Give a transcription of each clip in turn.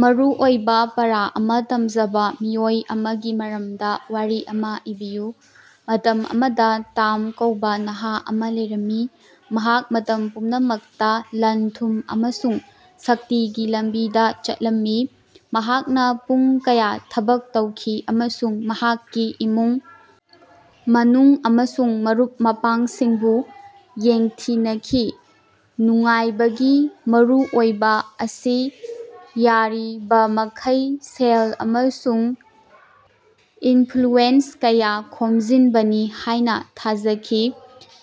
ꯃꯔꯨꯑꯣꯏꯕꯥ ꯄꯥꯔꯥ ꯑꯃꯥ ꯇꯝꯖꯕꯥ ꯃꯤꯑꯣꯏ ꯑꯃꯒꯤ ꯃꯔꯝꯗꯥ ꯋꯥꯔꯤ ꯑꯃ ꯏꯕꯤꯌꯨ꯫ ꯃꯇꯝ ꯑꯃꯗ ꯇꯝ ꯀꯧꯕꯥ ꯅꯍꯥ ꯑꯃ ꯂꯩꯔꯝꯃꯤ ꯃꯍꯥꯛ ꯃꯇꯝ ꯄꯨꯝꯅꯃꯛꯇꯥ ꯂꯟ-ꯊꯨꯝ ꯑꯃꯁꯨꯡ ꯁꯛꯇꯤꯒꯤ ꯂꯝꯕꯤꯗꯥ ꯆꯠꯂꯝꯃꯤ꯫ ꯃꯍꯥꯛꯅꯥ ꯄꯨꯡ ꯀꯌꯥ ꯊꯕꯛ ꯇꯧꯈꯤ ꯑꯃꯁꯨꯡ ꯃꯍꯥꯛꯀꯤ ꯏꯃꯨꯡ ꯃꯅꯨꯡ ꯑꯃꯁꯨꯡ ꯃꯔꯨꯞ ꯃꯄꯥꯡꯁꯤꯡꯕꯨ ꯌꯦꯡꯊꯤꯅꯈꯤ ꯅꯨꯡꯉꯥꯏꯕꯒꯤ ꯃꯔꯨꯑꯣꯏꯕꯥ ꯑꯁꯤ ꯌꯥꯔꯤꯕꯃꯈꯩ ꯁꯦꯜ ꯑꯃꯁꯨꯡ ꯏꯟꯐ꯭ꯂꯨꯌꯦꯟꯁ ꯀꯌꯥ ꯈꯣꯝꯖꯤꯟꯕꯅꯤ ꯍꯥꯢꯅ ꯊꯥꯖꯈꯤ꯫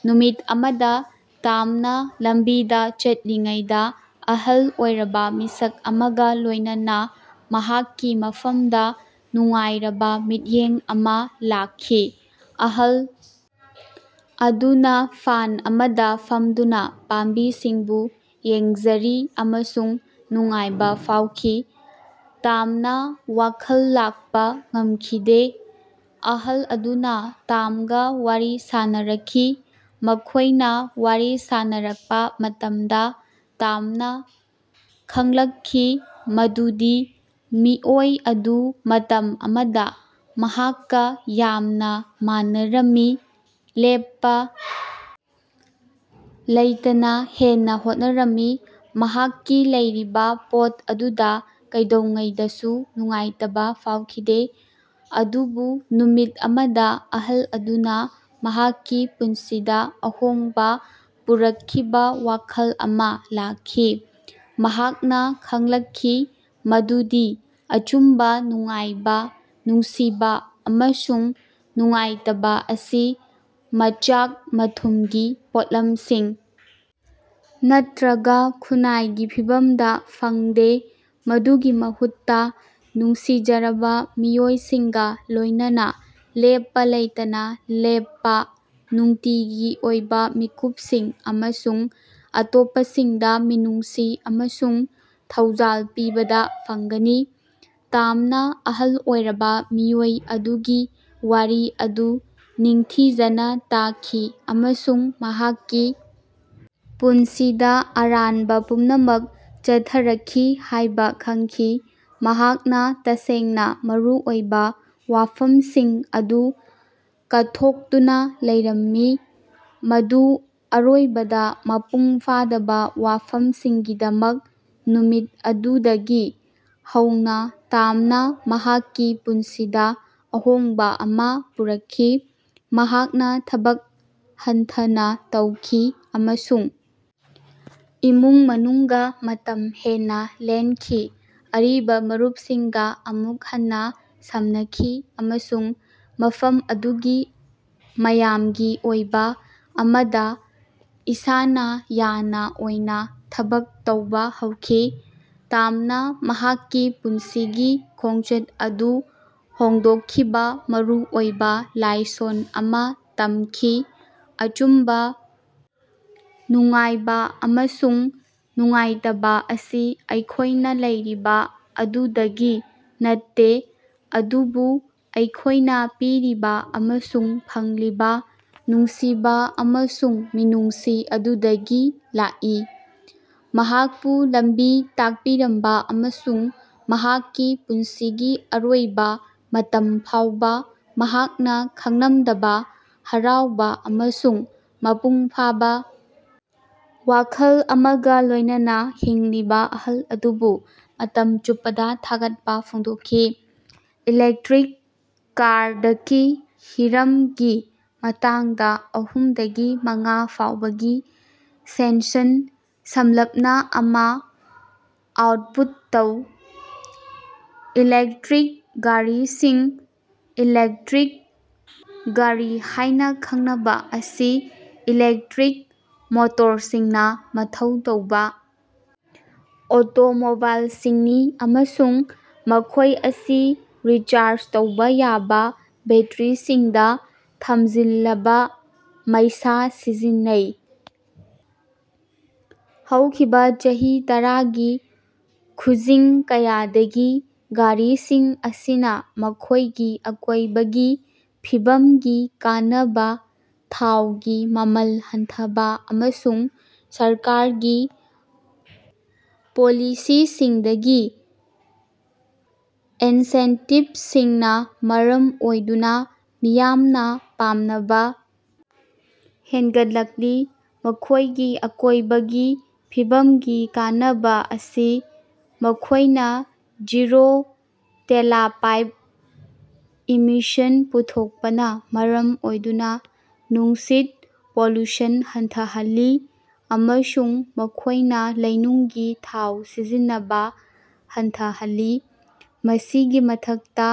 ꯅꯨꯃꯤꯠ ꯑꯃꯗ ꯇꯝꯅ ꯂꯝꯕꯤꯗ ꯆꯠꯂꯤꯉꯩꯗꯥ ꯑꯍꯜ ꯑꯣꯏꯔꯕ ꯃꯤꯁꯛ ꯑꯃꯒ ꯂꯣꯢꯅꯅꯥ ꯃꯍꯥꯛꯀꯤ ꯃꯐꯝꯗ ꯅꯨꯡꯉꯥꯏꯔꯕꯥ ꯃꯤꯠꯌꯦꯡ ꯑꯃ ꯂꯥꯛꯈꯤ꯫ ꯑꯍꯜ ꯑꯗꯨꯅ ꯐꯥꯟ ꯑꯃꯗ ꯐꯝꯗꯨꯅ ꯄꯥꯝꯕꯤꯁꯤꯡꯕꯨ ꯌꯦꯡꯖꯔꯤ ꯑꯃꯁꯨꯡ ꯅꯨꯡꯉꯥꯏꯕ ꯐꯥꯎꯈꯤ꯫ ꯇꯝꯅꯥ ꯋꯥꯈꯜ ꯂꯥꯛꯄ ꯉꯝꯈꯤꯗꯦ꯫ ꯑꯍꯜ ꯑꯗꯨꯅ ꯇꯝꯒꯥ ꯋꯥꯔꯤ ꯁꯥꯅꯔꯛꯈꯤ ꯃꯈꯣꯢꯅ ꯋꯥꯔꯤ ꯁꯥꯅꯔꯛꯄ ꯃꯇꯝꯗ ꯇꯝꯅꯥ ꯈꯡꯂꯛꯈꯤ ꯃꯗꯨꯗꯤ ꯃꯤꯑꯣꯏ ꯑꯗꯨ ꯃꯇꯝ ꯑꯃꯗ ꯃꯍꯥꯛꯀ ꯌꯥꯝꯅ ꯃꯥꯟꯅꯔꯝꯃꯤ ꯂꯦꯞꯄ ꯂꯩꯇꯅ ꯍꯦꯟꯅ ꯍꯣꯠꯅꯔꯝꯃꯤ ꯃꯍꯥꯛꯀꯤ ꯂꯩꯔꯤꯕꯥ ꯄꯣꯠ ꯑꯗꯨꯗ ꯀꯩꯗꯧꯉꯩꯗꯁꯨ ꯅꯨꯡꯉꯥꯏꯇꯕ ꯐꯥꯎꯈꯤꯗꯦ꯫ ꯑꯗꯨꯕꯨ ꯅꯨꯃꯤꯠ ꯑꯃꯗ ꯑꯍꯜ ꯑꯗꯨꯅ ꯃꯍꯥꯛꯀꯤ ꯄꯨꯟꯁꯤꯗ ꯑꯍꯣꯡꯕ ꯄꯨꯔꯛꯈꯤꯕ ꯋꯥꯈꯜ ꯑꯃ ꯂꯥꯛꯈꯤ꯫ ꯃꯍꯥꯛꯅ ꯈꯡꯂꯛꯈꯤ ꯃꯗꯨꯗꯤ ꯑꯆꯨꯝꯕ ꯅꯨꯡꯉꯥꯏꯕ ꯅꯨꯡꯁꯤꯕ ꯑꯃꯁꯨꯡ ꯅꯨꯡꯉꯥꯏꯇꯕ ꯑꯁꯤ ꯃꯆꯥꯛ-ꯃꯊꯨꯝꯒꯤ ꯄꯣꯠꯂꯝꯁꯤꯡ ꯅꯠꯇ꯭ꯔꯒ ꯈꯨꯟꯅꯥꯏꯒꯤ ꯐꯤꯚꯝꯗ ꯐꯪꯗꯦ ꯃꯗꯨꯒꯤ ꯃꯍꯨꯠꯇ ꯅꯨꯡꯁꯤꯖꯔꯕ ꯃꯤꯑꯣꯏꯁꯤꯡꯒ ꯂꯣꯢꯅꯅꯥ ꯂꯦꯞꯄꯥ ꯂꯩꯇꯅ ꯂꯦꯞꯄ ꯅꯨꯡꯇꯤꯒꯤ ꯑꯣꯏꯕ ꯃꯤꯀꯨꯞꯁꯤꯡ ꯑꯃꯁꯨꯡ ꯑꯇꯣꯞꯄꯁꯤꯡꯗ ꯃꯤꯅꯨꯡꯁꯤ ꯑꯃꯁꯨꯡ ꯊꯧꯖꯥꯜ ꯄꯤꯕꯗ ꯐꯪꯒꯅꯤ꯫ ꯇꯝꯅꯥ ꯑꯍꯜ ꯑꯣꯏꯔꯕ ꯃꯤꯑꯣꯏ ꯑꯗꯨꯒꯤ ꯋꯥꯔꯤ ꯑꯗꯨ ꯅꯤꯡꯊꯤꯖꯅ ꯇꯥꯈꯤ ꯑꯃꯁꯨꯡ ꯃꯍꯥꯛꯀꯤ ꯄꯨꯟꯁꯤꯗ ꯑꯔꯥꯟꯕ ꯄꯨꯝꯅꯃꯛ ꯆꯠꯊꯔꯛꯈꯤ ꯍꯥꯢꯕ ꯈꯡꯈꯤ꯫ ꯃꯍꯥꯛꯅ ꯇꯁꯦꯡꯅ ꯃꯔꯨ ꯑꯣꯏꯕ ꯋꯥꯐꯝꯁꯤꯡ ꯑꯗꯨ ꯀꯠꯊꯣꯛꯇꯨꯅ ꯂꯩꯔꯝꯃꯤ ꯃꯗꯨ ꯑꯔꯣꯏꯕꯗ ꯃꯄꯨꯡ ꯐꯥꯗꯕ ꯋꯥꯐꯝꯁꯤꯡꯒꯤꯗꯃꯛ꯫ ꯅꯨꯃꯤꯠ ꯑꯗꯨꯗꯒꯤ ꯍꯧꯅꯥ ꯇꯝꯅꯥ ꯃꯍꯥꯛꯀꯤ ꯄꯨꯟꯁꯤꯗ ꯑꯍꯣꯡꯕ ꯑꯃꯥ ꯄꯨꯔꯛꯈꯤ꯫ ꯃꯍꯥꯛꯅ ꯊꯕꯛ ꯍꯟꯊꯅ ꯇꯧꯈꯤ ꯑꯃꯁꯨꯡ ꯏꯃꯨꯡ ꯃꯅꯨꯡꯒ ꯃꯇꯝ ꯍꯦꯟꯅ ꯂꯦꯟꯈꯤ ꯑꯔꯤꯕ ꯃꯔꯨꯞꯁꯤꯡꯒ ꯑꯃꯨꯛ ꯍꯟꯅ ꯁꯝꯅꯈꯤ ꯑꯃꯁꯨꯡ ꯃꯐꯝ ꯑꯗꯨꯒꯤ ꯃꯥꯌꯥꯝꯒꯤ ꯑꯣꯏꯕ ꯑꯃꯗ ꯏꯁꯥꯅ ꯌꯥꯅ ꯑꯣꯏꯅ ꯊꯕꯛ ꯇꯧꯕꯥ ꯍꯧꯈꯤ꯫ ꯇꯝꯅꯥ ꯃꯍꯥꯛꯀꯤ ꯄꯨꯟꯁꯤꯒꯤ ꯈꯣꯡꯆꯠ ꯑꯗꯨ ꯍꯣꯡꯗꯣꯛꯈꯤꯕꯥ ꯃꯔꯨꯑꯣꯏꯕ ꯂꯥꯏꯁꯣꯟ ꯑꯃ ꯇꯝꯈꯤ ꯑꯆꯨꯝꯕ ꯅꯨꯡꯉꯥꯏꯕ ꯑꯃꯁꯨꯡ ꯅꯨꯡꯉꯥꯏꯇꯕ ꯑꯁꯤ ꯑꯩꯈꯣꯢꯅ ꯂꯩꯔꯤꯕꯥ ꯑꯗꯨꯗꯒꯤ ꯅꯠꯇꯦ ꯑꯗꯨꯕꯨ ꯑꯩꯈꯣꯢꯅ ꯄꯤꯔꯤꯕ ꯑꯃꯁꯨꯡ ꯐꯪꯂꯤꯕꯥ ꯅꯨꯡꯁꯤꯕ ꯑꯃꯁꯨꯡ ꯃꯤꯅꯨꯡꯁꯤ ꯑꯗꯨꯗꯒꯤ ꯂꯥꯛꯏ꯫ ꯃꯍꯥꯛꯄꯨ ꯂꯝꯕꯤ ꯇꯥꯛꯄꯤꯔꯝꯕ ꯑꯃꯁꯨꯡ ꯃꯍꯥꯛꯀꯤ ꯄꯨꯟꯁꯤꯒꯤ ꯑꯔꯣꯏꯕ ꯃꯇꯝ ꯐꯥꯎꯕ ꯃꯍꯥꯛꯅ ꯈꯪꯂꯝꯗꯕꯥ ꯍꯔꯥꯎꯕ ꯑꯃꯁꯨꯡ ꯃꯄꯨꯡ ꯐꯥꯕ ꯋꯥꯈꯜ ꯑꯃꯒ ꯂꯣꯢꯅꯅꯥ ꯍꯤꯡꯂꯤꯕ ꯑꯍꯜ ꯑꯗꯨꯕꯨ ꯃꯇꯝ ꯆꯨꯞꯄꯗ ꯊꯥꯒꯠꯄ ꯐꯣꯡꯗꯣꯛꯈꯤ꯫ ꯏꯂꯦꯛꯇ꯭ꯔꯤꯛ ꯀꯥꯔꯗꯀꯤ ꯍꯤꯔꯝꯒꯤ ꯃꯇꯥꯡꯗ ꯑꯍꯨꯝꯗꯒꯤ ꯃꯉꯥ ꯐꯥꯎꯕꯒꯤ ꯁꯦꯟꯁꯟ ꯁꯝꯂꯞꯅ ꯑꯃ ꯑꯥꯎꯇꯄꯨꯠ ꯇꯧ꯫ ꯏꯂꯦꯛꯇ꯭ꯔꯤꯛ ꯒꯥꯔꯤꯁꯤꯡ ꯏꯂꯦꯛꯇ꯭ꯔꯤꯛ ꯒꯥꯔꯤ ꯍꯥꯢꯅ ꯈꯪꯅꯕ ꯑꯁꯤ ꯏꯂꯦꯛꯇꯔꯤꯛ ꯃꯣꯇꯣꯔꯁꯤꯡꯅ ꯃꯊꯧ ꯇꯧꯕ ꯑꯣꯇꯣꯃꯣꯕꯥꯏꯂꯁꯤꯡꯅꯤ ꯑꯃꯁꯨꯡ ꯃꯈꯣꯢ ꯑꯁꯤ ꯔꯤꯆꯥꯔꯖ ꯇꯧꯕꯥ ꯌꯥꯕ ꯕꯦꯇ꯭ꯔꯤꯁꯤꯡꯗ ꯊꯝꯖꯤꯜꯂꯕ ꯃꯩꯁꯥ ꯁꯤꯖꯤꯟꯅꯩ꯫ ꯍꯧꯈꯤꯕꯥ ꯆꯍꯤ ꯇꯔꯥꯒꯤ ꯈꯨꯖꯤꯡ ꯀꯌꯥꯗꯒꯤ ꯒꯥꯔꯤꯁꯤꯡ ꯑꯁꯤꯅꯥ ꯃꯈꯣꯢꯒꯤ ꯑꯀꯣꯢꯕꯒꯤ ꯐꯤꯕꯝꯒꯤ ꯀꯥꯟꯅꯕ ꯊꯥꯎꯒꯤ ꯃꯃꯜ ꯍꯟꯊꯕ ꯑꯃꯁꯨꯡ ꯁꯔꯀꯥꯔꯒꯤ ꯄꯣꯂꯤꯁꯤꯁꯤꯡꯗꯒꯤ ꯏꯟꯁꯦꯟꯇꯤꯕꯁꯤꯡꯅ ꯃꯔꯝ ꯑꯣꯏꯗꯨꯅ ꯃꯤꯌꯥꯝꯅ ꯄꯥꯝꯅꯕ ꯍꯦꯟꯒꯠꯂꯛꯂꯤ꯫ ꯃꯈꯣꯢꯒꯤ ꯑꯀꯣꯢꯕꯒꯤ ꯐꯤꯕꯝꯒꯤ ꯀꯥꯟꯅꯕ ꯑꯁꯤ ꯃꯈꯣꯢꯅ ꯖꯤꯔꯣ ꯇꯦꯂꯄꯥꯏꯞ ꯏꯃꯤꯁꯟ ꯄꯨꯊꯣꯛꯄꯅ ꯃꯔꯝ ꯑꯣꯏꯗꯨꯅ ꯅꯨꯡꯁꯤꯠ ꯄꯣꯂꯨꯁꯟ ꯍꯟꯊꯍꯜꯂꯤ ꯑꯃꯁꯨꯡ ꯃꯈꯣꯢꯅ ꯂꯩꯅꯨꯡꯒꯤ ꯊꯥꯎ ꯁꯤꯖꯤꯟꯅꯕ ꯍꯟꯊꯍꯜꯂꯤ꯫ ꯃꯁꯤꯒꯤ ꯃꯊꯛꯇꯥ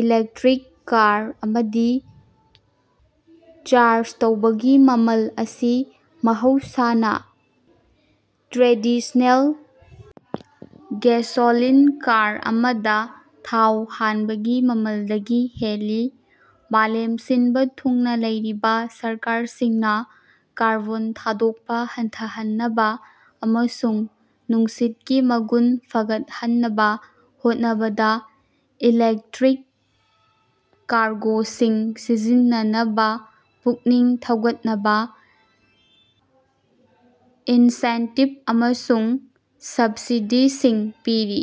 ꯏꯂꯦꯛꯇ꯭ꯔꯤꯛ ꯀꯥꯔ ꯑꯃꯗꯤ ꯆꯥꯔꯖ ꯇꯧꯕꯒꯤ ꯃꯃꯜ ꯑꯁꯤ ꯃꯍꯧꯁꯥꯅꯥ ꯇ꯭ꯔꯦꯗꯤꯁꯅꯦꯜ ꯒꯦꯁꯣꯂꯤꯟ ꯀꯥꯔ ꯑꯃꯗ ꯊꯥꯎ ꯍꯥꯟꯕꯒꯤ ꯃꯃꯜꯗꯒꯤ ꯍꯦꯜꯂꯤ꯫ ꯃꯥꯂꯦꯝ ꯁꯤꯟꯕ ꯊꯨꯡꯅ ꯂꯩꯔꯤꯕ ꯁꯔꯀꯥꯔꯁꯤꯡꯅ ꯀꯥꯔꯕꯣꯟ ꯊꯥꯗꯣꯛꯄꯥ ꯍꯟꯊꯍꯟꯅꯕ ꯑꯃꯁꯨꯡ ꯅꯨꯡꯁꯤꯠꯀꯤ ꯃꯒꯨꯟ ꯐꯒꯠꯍꯟꯅꯕ ꯍꯣꯠꯅꯕꯗ ꯏꯂꯦꯛꯇ꯭ꯔꯤꯛ ꯀꯥꯔꯒꯣꯁꯤꯡ ꯁꯤꯖꯤꯟꯅꯅꯕꯥ ꯄꯨꯛꯅꯤꯡ ꯊꯧꯒꯠꯅꯕꯥ ꯏꯟꯁꯦꯟꯇꯤꯕ ꯑꯃꯁꯨꯡ ꯁꯕꯁꯤꯗꯤꯁꯤꯡ ꯄꯤꯔꯤ꯫